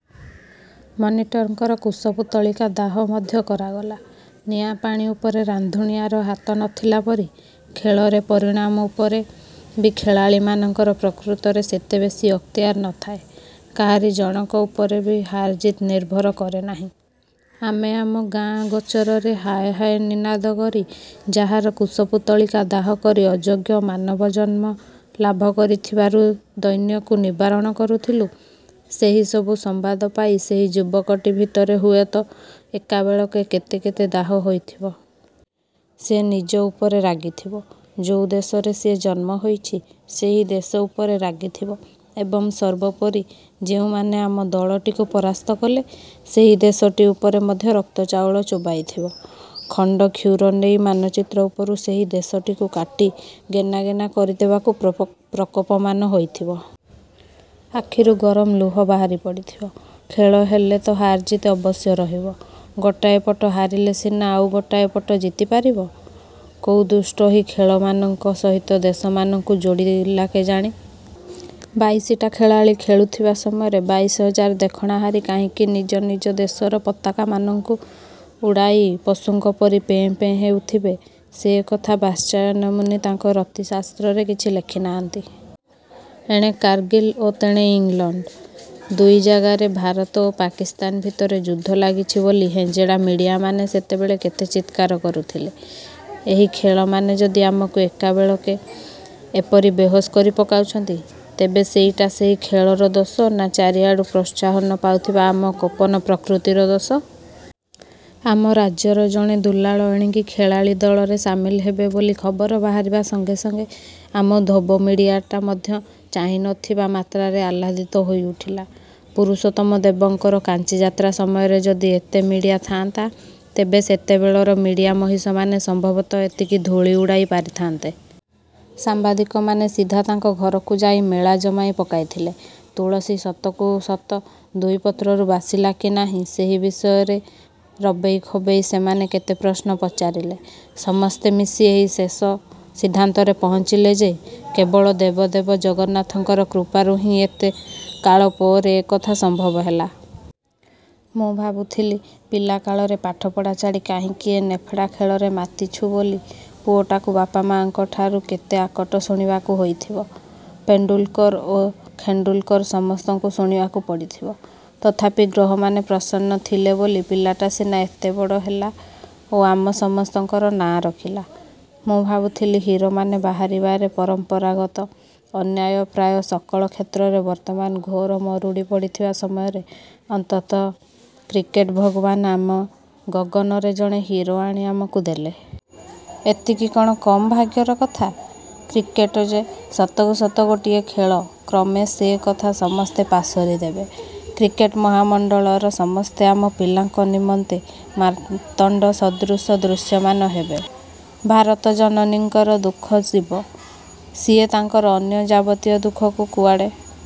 ମନିଟରଙ୍କର କୁଶପୁତ୍ତଳିକା ଦାହ ମଧ୍ୟ କରାଗଲା। ନିଆଁ ପାଣି ଉପରେ ରାନ୍ଧୁଣିଆର ହାତ ନ ଥିଲା ପରି ଖେଳରେ ପରିଣାମ ଉପରେ ବି ଖେଳାଳିମାନଙ୍କର ପ୍ରକୃତରେ ସେତେ ବେଶୀ ଅକ୍ତିଆର ନଥାଏ, କାହାରି ଜଣକ ଉପରେ ବି ହାରଜିତ୍ ନିର୍ଭର କରେନାହିଁ। ଆମେ ଆମ ଗାଆଁ ଗୋଚରରେ ହାୟ ହାୟ ନିନାଦ କରି ଯାହାର କୁଶପୁତ୍ତଳିକା ଦାହ କରି ଅଯୋଗ୍ୟ ମାନବଜନ୍ମ ଲାଭ କରିଥିବାର ଦୈନ୍ୟକୁ ନିବାରଣ କରୁଥିଲୁ, ସେହିସବୁ ସମ୍ବାଦ ପାଇ ସେହି ଯୁବକଟି ଭିତରେ ହୁଏତ ଏକାବେଳକେ କେତେ କେତେ ଦାହ ହୋଇଥିବ। ସେ ନିଜ ଉପରେ ରାଗିଥିବ ଯୋଉ ଦେଶରେ ସିଏ ଜନ୍ମ ହୋଇଛି, ସେହି ଦେଶ ଉପରେ ରାଗିଥିବ ଏବଂ ସର୍ବୋପରି ଯେଉଁମାନେ ଆମ ଦଳଟିକୁ ପରାସ୍ତ କଲେ, ସେହି ଦେଶଟି ଉପରେ ମଧ୍ୟ ରକତଚାଉଳ ଚୋବାଇଥିବ। ଖଣ୍ଡ କ୍ଷୁର ନେଇ ମାନଚିତ୍ର ଉପରୁ ସେହି ଦେଶଟିକୁ କାଟି ଗେନା ଗେନା କରି ଦେବାକୁ ପ୍ରକୋ ପ୍ରକୋପମାନ ହୋଇଥିବ। ଆଖିରୁ ଗରମ ଲୁହ ବାହାରି ପଡ଼ିଥିବ। ଖେଳ ହେଲେ ତ ହାରଜିତ୍ ଅବଶ୍ୟ ରହିବ। ଗୋଟାଏ ପଟ ହାରିଲେ ସିନା ଆଉ ଗୋଟାଏ ପଟ ଜିତିପାରିବ? କୋଉ ଦୁଷ୍ଟ ଏହି ଖେଳମାନଙ୍କ ସହିତ ଦେଶମାନଙ୍କୁ ଯୋଡ଼ିଲା କେଜାଣି? ବାଇଶିଟା ଖେଳାଳି ଖେଳୁଥିବା ସମୟରେ ବାଇଶି ହଜାର ଦେଖଣାହାରି କାହିଁକି ନିଜ ନିଜ ଦେଶର ପତାକାମାନଙ୍କୁ ଉଡ଼ାଇ ପଶୁଙ୍କ ପରି ପେଁ ପେଁ ହେଉଥିବେ ସେ କଥା ବାତ୍ସାୟନ ମୁନି ତାଙ୍କ ରତିଶାସ୍ତ୍ରରେ କିଛି ଲେଖିନାହାନ୍ତି। ଏଣେ କାରଗିଲ୍ ଓ ତେଣେ ଇଂଲଣ୍ଡ, ଦୁଇ ଜାଗାରେ ଭାରତ ଓ ପାକିସ୍ତାନ ଭିତରେ ଯୁଦ୍ଧ ଲାଗିଛି ବୋଲି ହେଞ୍ଜେଡ଼ା ମିଡ଼ିଆମାନେ ସେତେବେଳେ କେତେ ଚିତ୍କାର କରୁଥିଲେ। ଏହି ଖେଳମାନେ ଯଦି ଆମକୁ ଏକାବେଳକେ ଏପରି ବେହୋସ କରି ପକାଉଛନ୍ତି, ତେବେ ସେଇଟା ସେହି ଖେଳର ଦୋଷ ନା ଚାରିଆଡୁ ପ୍ରୋତ୍ସାହନ ପାଉଥିବା ଆମ କୋପନ ପ୍ରକୃତିର ଦୋଷ? ଆମ ରାଜ୍ୟର ଜଣେ ଦୁଲାଳ ଏଣିକି ଖେଳାଳି ଦଳରେ ସାମିଲ ହେବେ ବୋଲି ଖବର ବାହାରିବା ସଂଗେ ସଂଗେ ଆମ ଧୋବ ମିଡ଼ିଆଟା ମଧ୍ୟ ଚାହିଁନଥିବା ମାତ୍ରାରେ ଆହ୍ଲାଦିତ ହୋଇଉଠିଲା। ପୁରୁଷୋତ୍ତମ ଦେବଙ୍କର କାଞ୍ଚିଯାତ୍ରା ସମୟରେ ଯଦି ଏତେ ମିଡ଼ିଆ ଥାଆନ୍ତା, ତେବେ ସେତେବେଳର ମିଡ଼ିଆ ମହିଷମାନେ ସମ୍ଭବତଃ ଏତିକି ଧୂଳି ଉଡ଼ାଇ ପାରିଥାନ୍ତେ। ସାମ୍ବାଦିକମାନେ ସିଧା ତାଙ୍କ ଘରକୁ ଯାଇ ମେଳା ଜମାଇ ପକାଇଥିଲେ। ତୁଳସୀ ସତକୁ ସତ ଦୁଇ ପତ୍ରରୁ ବାସିଲା କି ନାହିଁ, ସେହି ବିଷୟରେ ରବେଇ ଖବେଇ ସେମାନେ କେତେ ପ୍ରଶ୍ନ ପଚାରିଲେ। ସମସ୍ତେ ମିଶି ଏହି ଶେଷ ସିଦ୍ଧାନ୍ତରେ ପହଞ୍ଚିଲେ ଯେ କେବଳ ଦେବ ଦେବ ଜଗନ୍ନାଥଙ୍କର କୃପାରୁ ହିଁ ଏତେ କାଳପରେ ଏକଥା ସମ୍ଭବ ହେଲା। ମୁଁ ଭାବୁଥିଲି ପିଲାକାଳରେ ପାଠପଢ଼ା ଛାଡ଼ି କାହିଁକି ଏ ନେଫେଡ଼ା ଖେଳରେ ମାତିଛୁ ବୋଲି ପୁଅଟାକୁ ବାପା, ମାଆଙ୍କ ଠାରୁ କେତେ ଆକଟ ଶୁଣିବାକୁ ହୋଇଥିବ। ପେଣ୍ଡୁଲକର ଓ ଖେଣ୍ଡୁଲକର ସମସ୍ତଙ୍କୁ ଶୁଣିବାକୁ ପଡ଼ିଥିବ । ତଥାପି ଗ୍ରହମାନେ ପ୍ରସନ୍ନ ଥିଲେ ବୋଲି ପିଲାଟା ସିନା ଏତେବଡ଼ ହେଲା ଓ ଆମ ସମସ୍ତଙ୍କର ନାଆଁ ରଖିଲା, ମୁଁ ଭାବୁଥିଲି ହିରୋମାନେ ବାହାରିବାରେ ପରମ୍ପରାଗତ ଅନ୍ୟାୟ ପ୍ରାୟ ସକଳ କ୍ଷେତ୍ରରେ ବର୍ତ୍ତମାନ ଘୋର ମରୁଡ଼ି ପଡ଼ିଥିବା ସମୟରେ ଅନ୍ତତଃ କ୍ରିକେଟ ଭଗବାନ ଆମ ଗଗନରେ ଜଣେ ହିରୋ ଆଣି ଆମକୁ ଦେଲେ। ଏତିକି କଣ କମ୍ ଭାଗ୍ୟର କଥା? କ୍ରିକେଟ ଯେ ସତକୁ ସତ ଗୋଟିଏ ଖେଳ, କ୍ରମେ ସେ କଥା ସମସ୍ତେ ପାସୋରିଦେବେ। କ୍ରିକେଟ ମହାମଣ୍ଡଳର ସମସ୍ତେ ଆମ ପିଲାଙ୍କ ନିମନ୍ତେ ମାର୍ତ୍ତଣ୍ଡ ସଦୃଶ ଦୃଶ୍ୟମାନ ହେବେ। ଭାରତ ଜନନୀଙ୍କର ଦୁଃଖ ଶୀବ। ସିଏ ତାଙ୍କର ଅନ୍ୟ ଯାବତୀୟ ଦୁଃଖକୁ କୁଆଡ଼େ